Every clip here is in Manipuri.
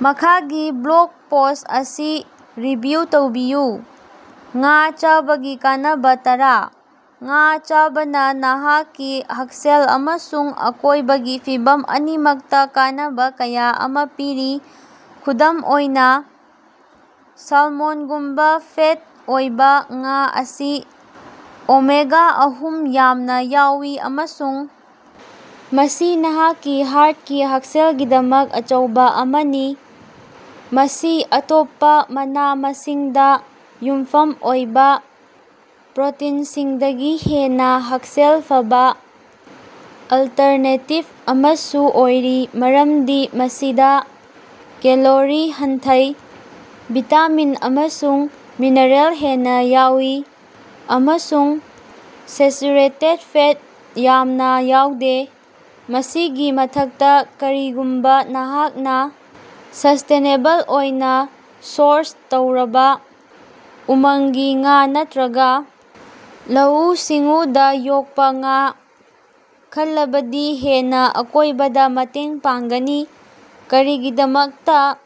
ꯃꯈꯥꯒꯤ ꯕ꯭ꯂꯣꯛ ꯄꯣꯁ ꯑꯁꯤ ꯔꯤꯚꯤꯌꯨ ꯇꯧꯕꯤꯌꯨ꯫ ꯉꯥ ꯆꯥꯕꯒꯤ ꯀꯥꯟꯅꯕ ꯇꯔꯥ: ꯉꯥ ꯆꯥꯕꯅ ꯅꯍꯥꯛꯀꯤ ꯍꯛꯁꯦꯜ ꯑꯃꯁꯨꯡ ꯑꯀꯣꯏꯕꯒꯤ ꯐꯤꯚꯝ ꯑꯅꯤꯃꯛꯇ ꯀꯥꯟꯅꯕ ꯀꯌꯥ ꯑꯃ ꯄꯤꯔꯤ꯫ ꯈꯨꯗꯝ ꯑꯣꯏꯅ, ꯁꯥꯜꯃꯣꯟꯒꯨꯝꯕ ꯐꯦꯠ ꯑꯣꯏꯕ ꯉꯥ ꯑꯁꯤ ꯑꯣꯃꯦꯒꯥ-ꯑꯍꯨꯝ ꯌꯥꯝꯅ ꯌꯥꯎꯏ ꯑꯃꯁꯨꯡ ꯃꯁꯤ ꯅꯍꯥꯛꯀꯤ ꯍꯥꯔꯠꯀꯤ ꯍꯛꯁꯦꯜꯒꯤꯗꯃꯛ ꯑꯆꯧꯕ ꯑꯃꯅꯤ꯫ ꯃꯁꯤ ꯑꯇꯣꯞꯄ ꯃꯅꯥ-ꯃꯁꯤꯡꯗꯥ ꯌꯨꯝꯐꯝ ꯑꯣꯏꯕ ꯄ꯭ꯔꯣꯇꯤꯟꯁꯤꯡꯗꯒꯤ ꯍꯦꯟꯅ ꯍꯛꯁꯦꯜ ꯐꯕꯥ ꯑꯜꯇꯔꯅꯦꯇꯤꯚ ꯑꯃꯁꯨ ꯑꯣꯏꯔꯤ ꯃꯔꯝꯗꯤ ꯃꯁꯤꯗ ꯀꯦꯂꯣꯔꯤ ꯍꯟꯊꯩ, ꯚꯤꯇꯥꯃꯤꯟ ꯑꯃꯁꯨꯡ ꯃꯤꯅꯔꯦꯜ ꯍꯦꯟꯅ ꯌꯥꯎꯏ, ꯑꯃꯁꯨꯡ ꯁꯦꯆꯨꯔꯦꯇꯦꯠ ꯐꯦꯠ ꯌꯥꯝꯅ ꯌꯥꯎꯗꯦ꯫ ꯃꯁꯤꯒꯤ ꯃꯊꯛꯇ, ꯀꯔꯤꯒꯨꯝꯕ ꯅꯍꯥꯛꯅ ꯁꯁ꯭ꯇꯦꯅꯦꯕꯜ ꯑꯣꯏꯅ ꯁꯣꯔꯁ ꯇꯧꯔꯕ ꯎꯃꯪꯒꯤ ꯉꯥ ꯅꯠꯇ꯭ꯔꯒ ꯂꯧꯎ-ꯁꯤꯡꯎꯗꯥ ꯌꯣꯛꯄ ꯉꯥ ꯈꯜꯂꯕꯗꯤ ꯍꯦꯟꯅ ꯑꯀꯣꯏꯕꯗ ꯃꯇꯦꯡ ꯄꯥꯡꯒꯅꯤ꯫ ꯀꯔꯤꯒꯤꯗꯃꯛꯇꯥ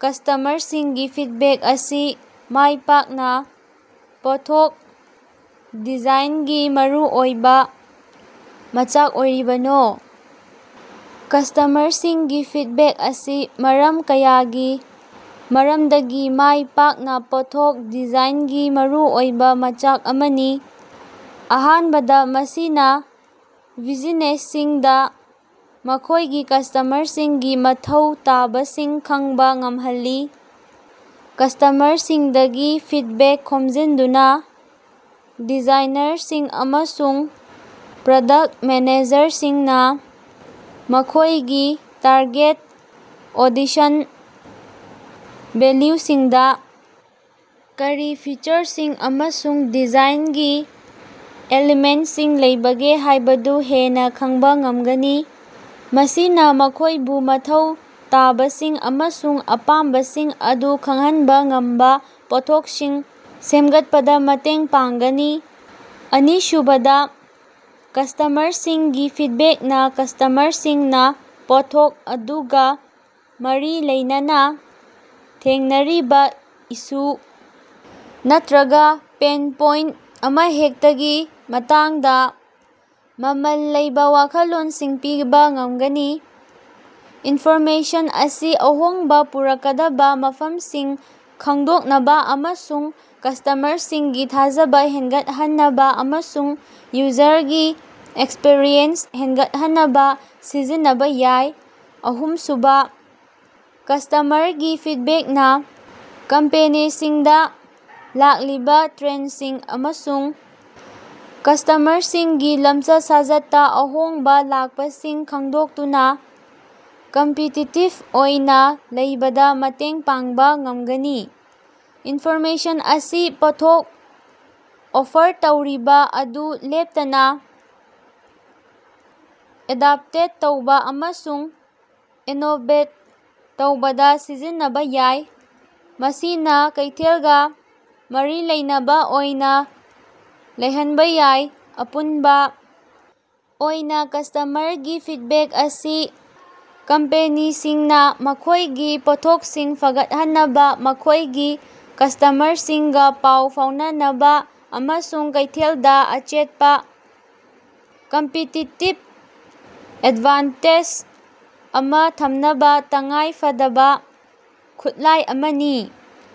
ꯀꯁꯇꯃꯔꯁꯤꯡꯒꯤ ꯐꯤꯠꯕꯦꯛ ꯑꯁꯤ ꯃꯥꯏꯄꯥꯛꯅ ꯄꯣꯠꯊꯣꯛ ꯗꯤꯖꯥꯏꯟꯒꯤ ꯃꯔꯨꯑꯣꯏꯕ ꯃꯆꯥꯛ ꯑꯣꯏꯔꯤꯕꯅꯣ? ꯀꯁꯇꯃꯔꯁꯤꯡꯒꯤ ꯐꯤꯠꯕꯦꯛ ꯑꯁꯤ ꯃꯔꯝ ꯀꯌꯥꯒꯤ ꯃꯔꯝꯗꯒꯤ ꯃꯥꯏ ꯄꯥꯛꯅ ꯄꯣꯠꯊꯣꯛ ꯗꯤꯖꯥꯏꯟꯒꯤ ꯃꯔꯨꯑꯣꯏꯕ ꯃꯆꯥꯛ ꯑꯃꯅꯤ꯫ ꯑꯍꯥꯟꯕꯗ, ꯃꯁꯤꯅ ꯕꯤꯖꯤꯅꯦꯁꯁꯤꯡꯗ ꯃꯈꯣꯏꯒꯤ ꯀꯁꯇꯃꯔꯁꯤꯡꯒꯤ ꯃꯊꯧ ꯇꯥꯕꯁꯤꯡ ꯈꯪꯕ ꯉꯝꯍꯜꯂꯤ꯫ ꯀꯁꯇꯃꯔꯁꯤꯡꯗꯒꯤ ꯐꯤꯠꯕꯦꯛ ꯈꯣꯝꯖꯤꯟꯗꯨꯅ, ꯗꯤꯖꯥꯏꯅꯔꯁꯤꯡ ꯑꯃꯁꯨꯡ ꯄ꯭ꯔꯗꯛ ꯃꯦꯅꯦꯖꯔꯁꯤꯡꯅ ꯃꯈꯣꯏꯒꯤ ꯇꯥꯔꯒꯦꯠ ꯑꯣꯗꯤꯁꯟ ꯚꯦꯜꯂꯨꯁꯤꯡꯗ ꯀꯔꯤ ꯐꯤꯆꯔꯁꯤꯡ ꯑꯃꯁꯨꯡ ꯗꯤꯖꯥꯏꯟꯒꯤ ꯑꯦꯂꯤꯃꯦꯟꯠꯁꯤꯡ ꯂꯩꯕꯒꯦ ꯍꯥꯏꯕꯗꯨ ꯍꯦꯟꯅ ꯈꯪꯕ ꯉꯝꯒꯅꯤ, ꯃꯁꯤꯅ ꯃꯈꯣꯏꯕꯨ ꯃꯊꯧ ꯇꯥꯕꯁꯤꯡ ꯑꯃꯁꯨꯡ ꯑꯄꯥꯝꯕꯁꯤꯡ ꯑꯗꯨ ꯐꯪꯍꯟꯕ ꯉꯝꯕ ꯄꯣꯠꯊꯣꯛꯁꯤꯡ ꯁꯦꯃꯒꯠꯄꯗ ꯃꯇꯦꯡ ꯄꯥꯡꯒꯅꯤ꯫ ꯑꯅꯤꯁꯨꯕꯗ, ꯀꯁꯇꯃꯔꯁꯤꯡꯒꯤ ꯐꯤꯠꯕꯦꯛꯅ ꯀꯁꯇꯃꯔꯁꯤꯡꯅꯥ ꯄꯣꯠꯊꯣꯛ ꯑꯗꯨꯒ ꯃꯔꯤ ꯂꯩꯅꯅꯥ ꯊꯦꯡꯅꯔꯤꯕ ꯏꯁꯨ ꯅꯠꯇ꯭ꯔꯒ ꯄꯦꯟ ꯄꯣꯏꯟꯠ ꯑꯃꯍꯦꯛꯇꯒꯤ ꯃꯇꯥꯡꯗ ꯃꯃꯜ ꯂꯩꯕ ꯋꯥꯈꯜꯂꯣꯟꯁꯤꯡ ꯄꯤꯕ ꯉꯝꯒꯅꯤ꯫ ꯏꯟꯐꯣꯔꯃꯦꯁꯟ ꯑꯁꯤ ꯑꯍꯣꯡꯕ ꯄꯨꯔꯛꯀꯗꯕꯥ ꯃꯐꯝꯁꯤꯡ ꯈꯪꯗꯣꯛꯅꯕ ꯑꯃꯁꯨꯡ ꯀꯁꯇꯃꯔꯁꯤꯡꯒꯤ ꯊꯥꯖꯕ ꯍꯦꯟꯒꯠꯍꯟꯅꯕ ꯑꯃꯁꯨꯡ ꯌꯨꯖꯔꯒꯤ ꯑꯦꯛꯁꯄꯤꯔꯤꯌꯦꯟꯁ ꯍꯦꯟꯒꯠꯍꯟꯅꯕ ꯁꯤꯖꯤꯟꯅꯕ ꯌꯥꯏ꯫ ꯑꯍꯨꯝꯁꯨꯕ, ꯀꯁꯇꯃꯔꯒꯤ ꯐꯤꯠꯕꯦꯛꯅ ꯀꯝꯄꯦꯅꯤꯁꯤꯡꯗ ꯂꯥꯛꯂꯤꯕ ꯇ꯭ꯔꯦꯟꯁꯤꯡ ꯑꯃꯁꯨꯡ ꯀꯁꯇꯃꯔꯁꯤꯡꯒꯤ ꯂꯝꯆꯠ-ꯁꯥꯖꯠꯇꯥ ꯑꯍꯣꯡꯕ ꯂꯥꯛꯄꯁꯤꯡ ꯈꯪꯗꯣꯛꯇꯨꯅꯥ ꯀꯝꯄꯤꯇꯤꯇꯤꯚ ꯑꯣꯏꯅ ꯂꯩꯕꯗꯥ ꯃꯇꯦꯡ ꯄꯥꯡꯕ ꯉꯝꯒꯅꯤ꯫ ꯏꯟꯐꯣꯔꯃꯦꯁꯟ ꯑꯁꯤ ꯄꯣꯠꯊꯣꯛ ꯑꯣꯐꯔ ꯇꯧꯔꯤꯕ ꯑꯗꯨ ꯂꯦꯞꯇꯅꯥ ꯑꯦꯗꯞꯇꯦꯠ ꯇꯧꯕ ꯑꯃꯁꯨꯡ ꯏꯅꯣꯚꯦꯠ ꯇꯧꯕꯗ ꯁꯤꯖꯤꯟꯅꯕ ꯌꯥꯏ, ꯃꯁꯤꯅ ꯀꯩꯊꯦꯜꯒꯥ ꯃꯔꯤ ꯂꯩꯅꯕ ꯑꯣꯏꯅ ꯂꯩꯍꯟꯕ ꯌꯥꯏ꯫ ꯑꯄꯨꯟꯕ ꯑꯣꯏꯅ, ꯀꯁꯇꯃꯔꯒꯤ ꯐꯤꯠꯕꯦꯛ ꯑꯁꯤ ꯀꯝꯄꯦꯅꯤꯁꯤꯡꯅꯥ ꯃꯈꯣꯏꯒꯤ ꯄꯣꯠꯊꯣꯛꯁꯤꯡ ꯐꯒꯠꯍꯟꯅꯕ, ꯃꯈꯣꯏꯒꯤ ꯀꯁꯇꯃꯔꯁꯤꯡꯒꯥ ꯄꯥꯎ ꯐꯥꯎꯅꯅꯕꯥ ꯑꯃꯁꯨꯡ ꯀꯩꯊꯦꯜꯗꯥ ꯑꯆꯦꯠꯄꯥ ꯀꯝꯄꯤꯇꯤꯇꯤꯚ ꯑꯦꯠꯚꯥꯟꯇꯦꯖ ꯑꯃ ꯊꯝꯅꯕ ꯇꯉꯥꯏ ꯐꯗꯕꯥ ꯈꯨꯠꯂꯥꯏ ꯑꯃꯅꯤ꯫